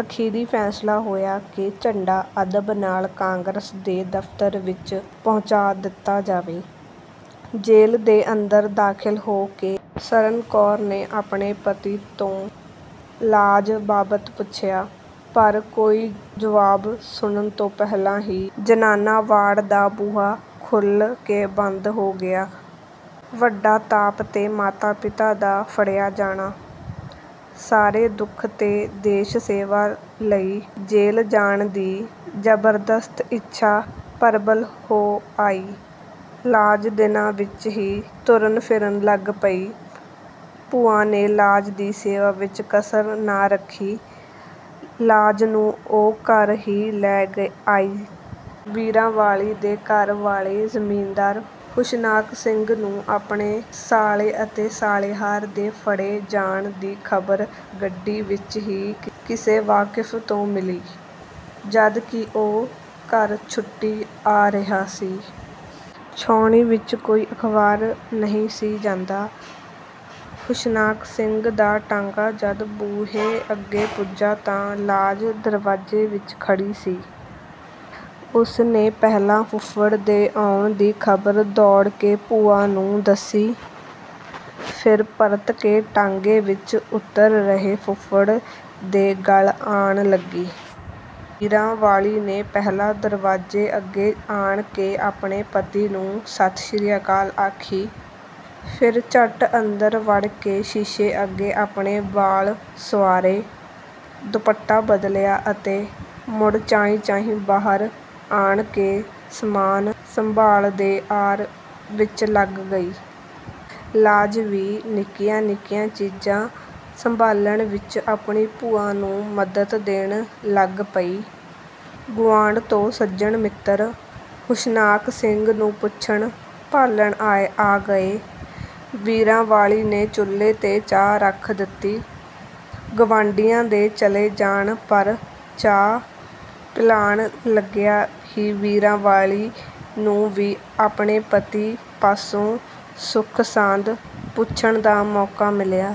ਅਖ਼ੀਰ ਫ਼ੈਸਲਾ ਹੋਇਆ ਕਿ ਝੰਡਾ ਅਦਬ ਨਾਲ ਕਾਂਗਰਸ ਦੇ ਦਫ਼ਤਰ ਵਿੱਚ ਪਹੁੰਚਾ ਦਿੱਤਾ ਜਾਵੇ। ਜੇਲ ਦੇ ਅੰਦਰ ਦਾਖ਼ਲ ਹੋ ਕੇ ਸਰਨ ਕੌਰ ਨੇ ਆਪਣੇ ਪਤੀ ਤੋਂ ਲਾਜ ਬਾਬਤ ਪੁਛਿਆ, ਪਰ ਕੋਈ ਜੁਆਬ ਸੁਣਨ ਤੋਂ ਪਹਿਲਾਂ ਹੀ ਜ਼ਨਾਨਾ ਵਾਰਡ ਦਾ ਬੂਹਾ ਖੁਲ੍ਹ ਕੇ ਬੰਦ ਹੋ ਗਿਆ। ਵੱਡਾ ਤਾਪ ਤੇ ਮਾਤਾ-ਪਿਤਾ ਦਾ ਫੜਿਆ ਜਾਣਾ, ਸਾਰੇ ਦੁਖਾਂ ਤੇ ਦੇਸ਼-ਸੇਵਾ ਲਈ ਜੇਲ ਜਾਣ ਦੀ ਜ਼ਬਰਦਸਤ ਇੱਛਾ ਪ੍ਰਬਲ ਹੋ ਆਈ। ਲਾਜ ਦਿਨਾਂ ਵਿੱਚ ਹੀ ਤੁਰਨ ਫਿਰਨ ਲਗ ਪਈ। ਭੂਆ ਨੇ ਲਾਜ ਦੀ ਸੇਵਾ ਵਿੱਚ ਕਸਰ ਨਾ ਰੱਖੀ, ਲਾਜ ਨੂੰ ਉਹ ਘਰ ਹੀ ਲੈ ਗਈ ਸੀ। ਵੀਰਾਂ ਵਾਲੀ ਦੇ ਘਰ ਵਾਲੇ ਜ਼ਿਮੀਦਾਰ ਹੁਸ਼ਨਾਕ ਸਿੰਘ ਨੂੰ ਆਪਣੇ ਸਾਲੇ ਅਤੇ ਸਾਲੇਹਾਰ ਦੇ ਫੜੇ ਜਾਣ ਦੀ ਖ਼ਬਰ ਗੱਡੀ ਵਿੱਚ ਹੀ ਕਿਸੇ ਵਾਕਫ਼ ਤੋਂ ਮਿਲੀ, ਜਦ ਕਿ ਉਹ ਘਰ ਛੁੱਟੀ ਆ ਰਿਹਾ ਸੀ। ਛਾਉਣੀ ਵਿੱਚ ਕੋਈ ਅਖ਼ਬਾਰ ਨਹੀਂ ਸੀ ਜਾਂਦਾ। ਹੁਸ਼ਨਾਕ ਸਿੰਘ ਦਾ ਟਾਂਗਾ ਜਦ ਬੂਹੇ ਅੱਗੇ ਪੁੱਜਾ ਤਾਂ ਲਾਜ ਦਰਵਾਜ਼ੇ ਵਿੱਚ ਖੜ੍ਹੀ ਸੀ। ਉਸ ਨੇ ਪਹਿਲਾਂ ਫੁੱਫੜ ਦੇ ਆਉਣ ਦੀ ਖ਼ਬਰ ਦੌੜ ਕੇ ਭੂਆ ਨੂੰ ਦੱਸੀ, ਫਿਰ ਪਰਤ ਕੇ ਟਾਂਗੇ ਵਿਚੋਂ ਉਤਰ ਰਹੇ ਫੁੱਫੜ ਦੇ ਗਲ ਆਣ ਲੱਗੀ। ਵੀਰਾਂ ਵਾਲੀ ਨੇ ਪਹਿਲਾਂ ਦਰਵਾਜ਼ੇ ਅਗੇ ਆਣ ਕੇ ਆਪਣੇ ਪਤੀ ਨੂੰ ਸਤਿ ਸ੍ਰੀ ਅਕਾਲ ਆਖੀ, ਫਿਰ ਝਟ ਅੰਦਰ ਵੜ ਕੇ ਸ਼ੀਸ਼ੇ ਅੱਗੇ ਆਪਣੇ ਵਾਲ ਸੁਆਰੇ, ਦੁਪੱਟਾ ਬਦਲਿਆ ਅਤੇ ਮੁੜ ਚਾਈਂ-ਚਾਈਂ ਬਾਹਰ ਆਣ ਕੇ ਸਾਮਾਨ ਸੰਭਾਲਣ ਦੇ ਆਰ ਵਿੱਚ ਲਗ ਗਈ। ਲਾਜ ਵੀ ਨਿੱਕੀਆਂ-ਨਿੱਕੀਆਂ ਚੀਜ਼ਾਂ ਸੰਭਾਲਣ ਵਿੱਚ ਆਪਣੀ ਭੂਆ ਨੂੰ ਮਦਦ ਦੇਣ ਲੱਗ ਪਈ। ਗੁਆਂਢ ਤੋਂ ਸੱਜਣ ਮਿੱਤਰ ਹੁਸ਼ਨਾਕ ਸਿੰਘ ਨੂੰ ਪੁੱਛਣ ਭਾਲਣ ਆ ਗਏ। ਵੀਰਾਂ ਵਾਲੀ ਨੇ ਚੁੱਲ੍ਹੇ ਤੇ ਚਾਹ ਰਖ ਦਿੱਤੀ। ਗੁਆਂਢੀਆਂ ਦੇ ਚਲੇ ਜਾਣ ਪੁਰ ਚਾਹ ਪਿਲਾਣ ਲਗਿਆਂ ਹੀ ਵੀਰਾਂ ਵਾਲੀ ਨੂੰ ਵੀ ਆਪਣੇ ਪਤੀ ਪਾਸੋਂ ਸੁੱਖ-ਸਾਂਦ ਪੁੱਛਣ ਦਾ ਮੌਕਾ ਮਿਲਿਆ।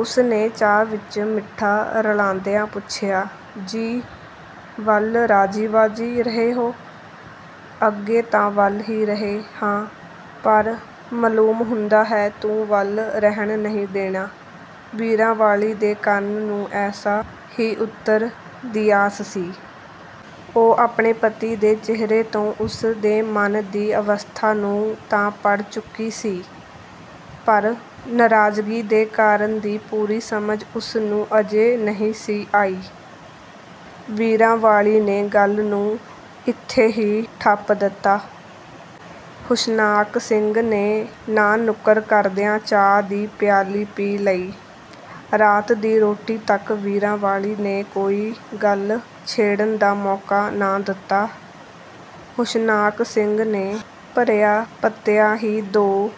ਉਸ ਨੇ ਚਾਹ ਵਿੱਚ ਮਿਠਾ ਰਲਾਂਦਿਆਂ ਪੁਛਿਆ: ਜੀ ਵਲ ਰਾਜ਼ੀ ਬਾਜ਼ੀ ਰਹੇ ਹੋ? "ਅੱਗੇ ਤਾਂ ਵੱਲ ਹੀ ਰਹੇ ਹਾਂ ਪਰ ਮਾਲੂਮ ਹੁੰਦਾ ਹੈ ਤੂੰ ਵੱਲ ਰਹਿਣ ਨਹੀਂ ਦੇਣਾ"। ਵੀਰਾਂ ਵਾਲੀ ਦੇ ਕੰਨਾਂ ਨੂੰ ਐਸੇ ਹੀ ਉਤਰ ਦੀ ਆਸ ਸੀ। ਉਹ ਆਪਣੇ ਪਤੀ ਦੇ ਚਿਹਰੇ ਤੋਂ ਉਸ ਦੇ ਮਨ ਦੀ ਅਵਸਥਾ ਨੂੰ ਤਾਂ ਪੜ੍ਹ ਚੁਕੀ ਸੀ, ਪਰ ਨਰਾਜ਼ਗੀ ਦੇ ਕਾਰਨ ਦੀ ਪੂਰੀ ਸਮਝ ਉਸ ਨੂੰ ਅਜੇ ਨਹੀਂ ਸੀ ਆਈ। ਵੀਰਾਂ ਵਾਲੀ ਨੇ ਗੱਲ ਨੂੰ ਇੱਥੇ ਹੀ ਠੱਪ ਦਿੱਤਾ। ਹੁਸ਼ਨਾਕ ਸਿੰਘ ਨੇ ਨਾਂਹ-ਨੁਕਰ ਕਰਦਿਆਂ ਚਾਹ ਦੀ ਪਿਆਲੀ ਪੀ ਲਈ। ਰਾਤ ਦੀ ਰੋਟੀ ਤੱਕ ਵੀਰਾਂ ਵਾਲੀ ਨੇ ਕੋਈ ਗੱਲ ਛਿੜਨ ਦਾ ਮੌਕਾ ਨਾ ਦਿੱਤਾ। ਹੁਸ਼ਨਾਕ ਸਿੰਘ ਨੇ ਭਰਿਆਂ ਪੀਤਿਆਂ ਹੀ ਦੋ